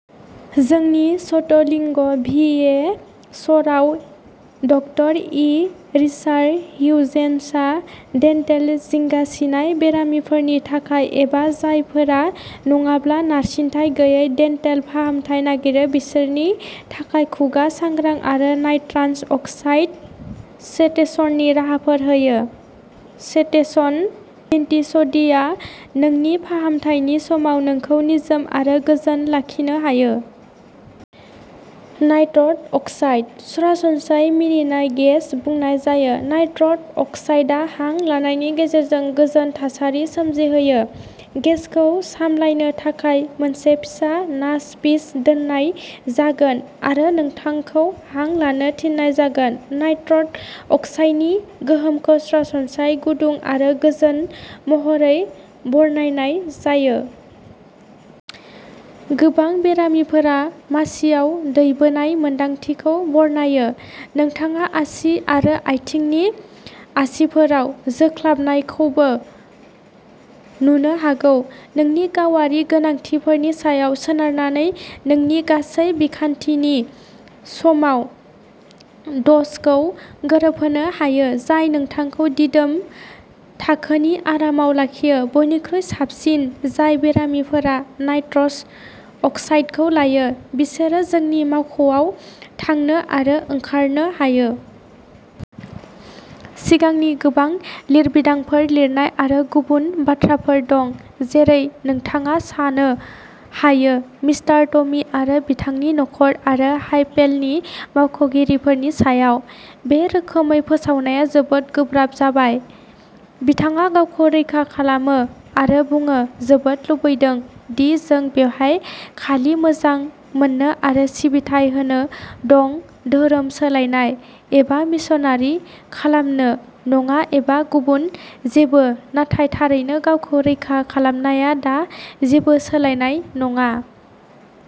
जोंनि स्टर्लिंग, भिए, सर'आव, ड. इ. रिचार्ड हिउजेसआ डेन्टेल जिंगासिनाय बेरामिफोरनि थाखाय एबा जायफोरा नङाब्ला नारसिनथाय गैयै डेन्टेल फाहामथाय नागिरो बिसोरनि थाखाय खुगा सांग्रां आरो नाइट्रास अक्साइड सेडेशननि राहाफोर होयो। सेडेशन डेन्टिस्ट्रीया नोंनि फाहामथायनि समाव नोंखौ निजोम आरो गोजोन लाखिनो हायो। नाइट्रस अक्साइडः सरासनस्रायै मिनिनाय गेस बुंनाय जायो, नाइट्रस अक्साइडआ हां लानायनि गेजेरजों गोजोन थासारि सोमजिहोयो। गेसखौ सामलायनो थाखाय, मोनसे फिसा नासपिच दोननाय जागोन, आरो नोंथांखौ हां लानो थिननाय जागोन। नाइट्रस अक्साइडनि गोहोमखौ सरासनस्रायै गुदुं आरो गोजोन महरै बरनायनाय जायो। गोबां बेरामिफोरा मासिआव "दोबैनाय" मोन्दांथिखौ बरनायो। नोंथाङा आसि आरो आथिंनि आसिफोराव जोंख्लाबनायखौबो नुनो हागौ। नोंनि गावारि गोनांथिफोरनि सायाव सोनारनानै नोंनि गासै बिखान्थिनि समाव द'जखौ गोरोबहोनो हायो, जाय नोंथांखौ दिदोम थाखोनि आरामाव लाखियो। बयनिख्रुइ साबसिन, जाय बेरामिफोरा नाइट्रस अक्साइडखौ लायो, बिसोरो जोंनि मावख'आव थांनो आरो ओंखारनो हायो। सिगांनि गोबां लिरबिदांफोर लिरनाय आरो गुबुन बाथ्राफोर दं। जेरै नोंथाङा सान्नो हायो, मिस्टार टमी आरो बिथांनि नखर आरो हायभेलनि मावख'गिरिफोरनि सायाव बे रोखोमै फोसावनाया जोबोद गोब्राब जाबाय। बिथाङा गावखौ रैखा खालामनो आरो बुंनो जोबोद लुबैदों दि जों बेवहाय खालि मोजां मोननो आरो सिबिथाइ होनो दं-"धोरोम सोलायनाय" एबा मिशनारि खालामनो नङा, एबा गुबुन जेबो। नाथाय थारैनो, गावखौ रैखा खालामनाया दा जेबो सोलायनाय नङा।